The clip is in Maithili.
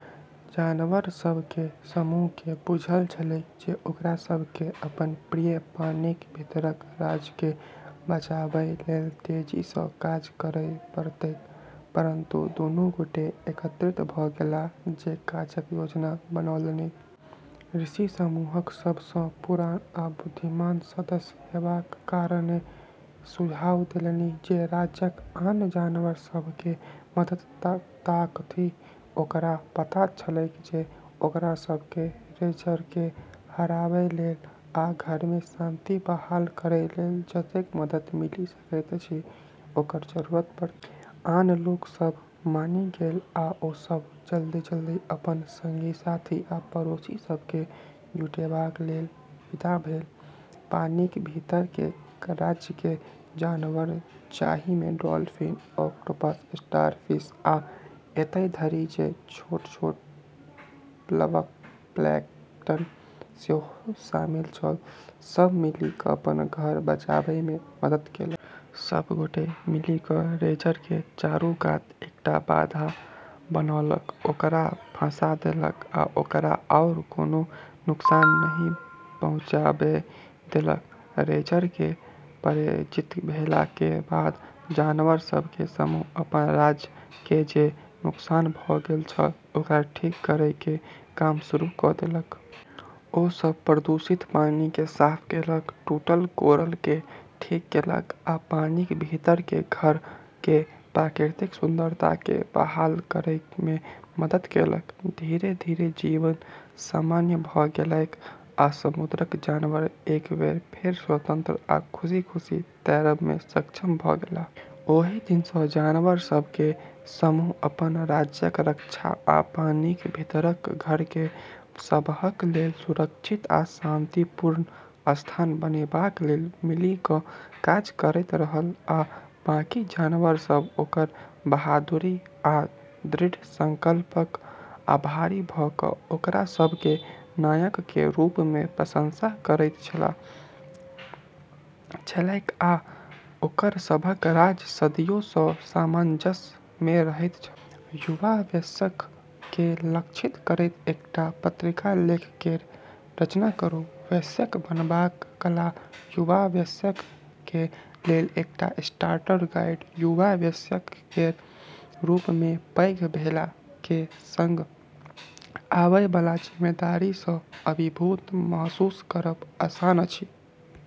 जानवर सभ केर समूह केँ बुझल छलैक जे ओकरा सभ केँ अपन प्रिय पानिक भीतरक राज्य केँ बचाबय लेल तेजी सँ काज करय पड़तैक। तुरन्त दुनू गोटे एकत्रित भऽ गेलाह जे काजक योजना बनौलनि। ऋषि समूहक सब सँ पुरान आ बुद्धिमान सदस्य हेबाक कारणेँ सुझाव देलनि जे राज्यक आन जानवर सभ केर मदद ताकथि। ओकरा पता छलैक जे ओकरा सभ केँ रेजर केँ हराबै लेल आ घर मे शांति बहाल करै लेल जतेक मदद मिलि सकैत अछि, ओकर जरूरत पड़तैक। आन लोक सभ मानि गेल, आ ओ सभ जल्दी-जल्दी अपन संगी-साथी आ पड़ोसी सभ केँ जुटेबाक लेल विदा भेल। पानिक भीतर केर राज्य केर जानवर, जाहि मे डॉल्फिन, ऑक्टोपस, स्टारफिश, आ एतय धरि जे छोट-छोट प्लवक प्लैंकटन सेहो शामिल छल, सभ मिलि कऽ अपन घर बचाबै मे मदद केलक। सभ गोटे मिलि कऽ रेजर केर चारू कात एकटा बाधा बनौलक, ओकरा फँसा देलक आ ओकरा आओर कोनो नुकसान नहि पहुँचाबै देलक। रेजर केर पराजित भेला केर बाद जानवर सभ केर समूह अपन राज्य केर जे नुकसान भऽ गेल छल ओकरा ठीक करै केर काम शुरू कऽ देलक। ओ सभ प्रदूषित पानि केँ साफ केलक, टूटल कोरल केँ ठीक केलक आ पानिक भीतर केर घर केर प्राकृतिक सुंदरता केँ बहाल करय मे मदद केलक। धीरे-धीरे जीवन सामान्य भऽ गेलैक, आ समुद्रक जानवर एक बेर फेर स्वतंत्र आ खुशी-खुशी तैरब मे सक्षम भऽ गेलाह। ओहि दिन सँ जानवर सभ केर समूह अपन राज्यक रक्षा आ पानिक भीतरक घर केँ सबहक लेल सुरक्षित आ शांतिपूर्ण स्थान बनेबाक लेल मिलि कऽ काज करैत रहल आ बाकी जानवर सभ ओकर बहादुरी आ दृढ़ संकल्पक आभारी भऽ कऽ ओकरा सभ केँ नायक केर रूप मे प्रशंसा करैत छलैक आ ओकर सभक राज्य सदियो सँ सामंजस्य मे रहैत छल। युवा वयस्क केँ लक्षित करैत एकटा पत्रिका लेख केर रचना करू। वयस्क बनबाक कला युवा वयस्क केर लेल एकटा स्टार्टर गाइड। युवा वयस्क केर रूप मे, पैघ भेला केर संग आबै बला जिम्मेदारी सँ अभिभूत महसूस करब आसान अछि।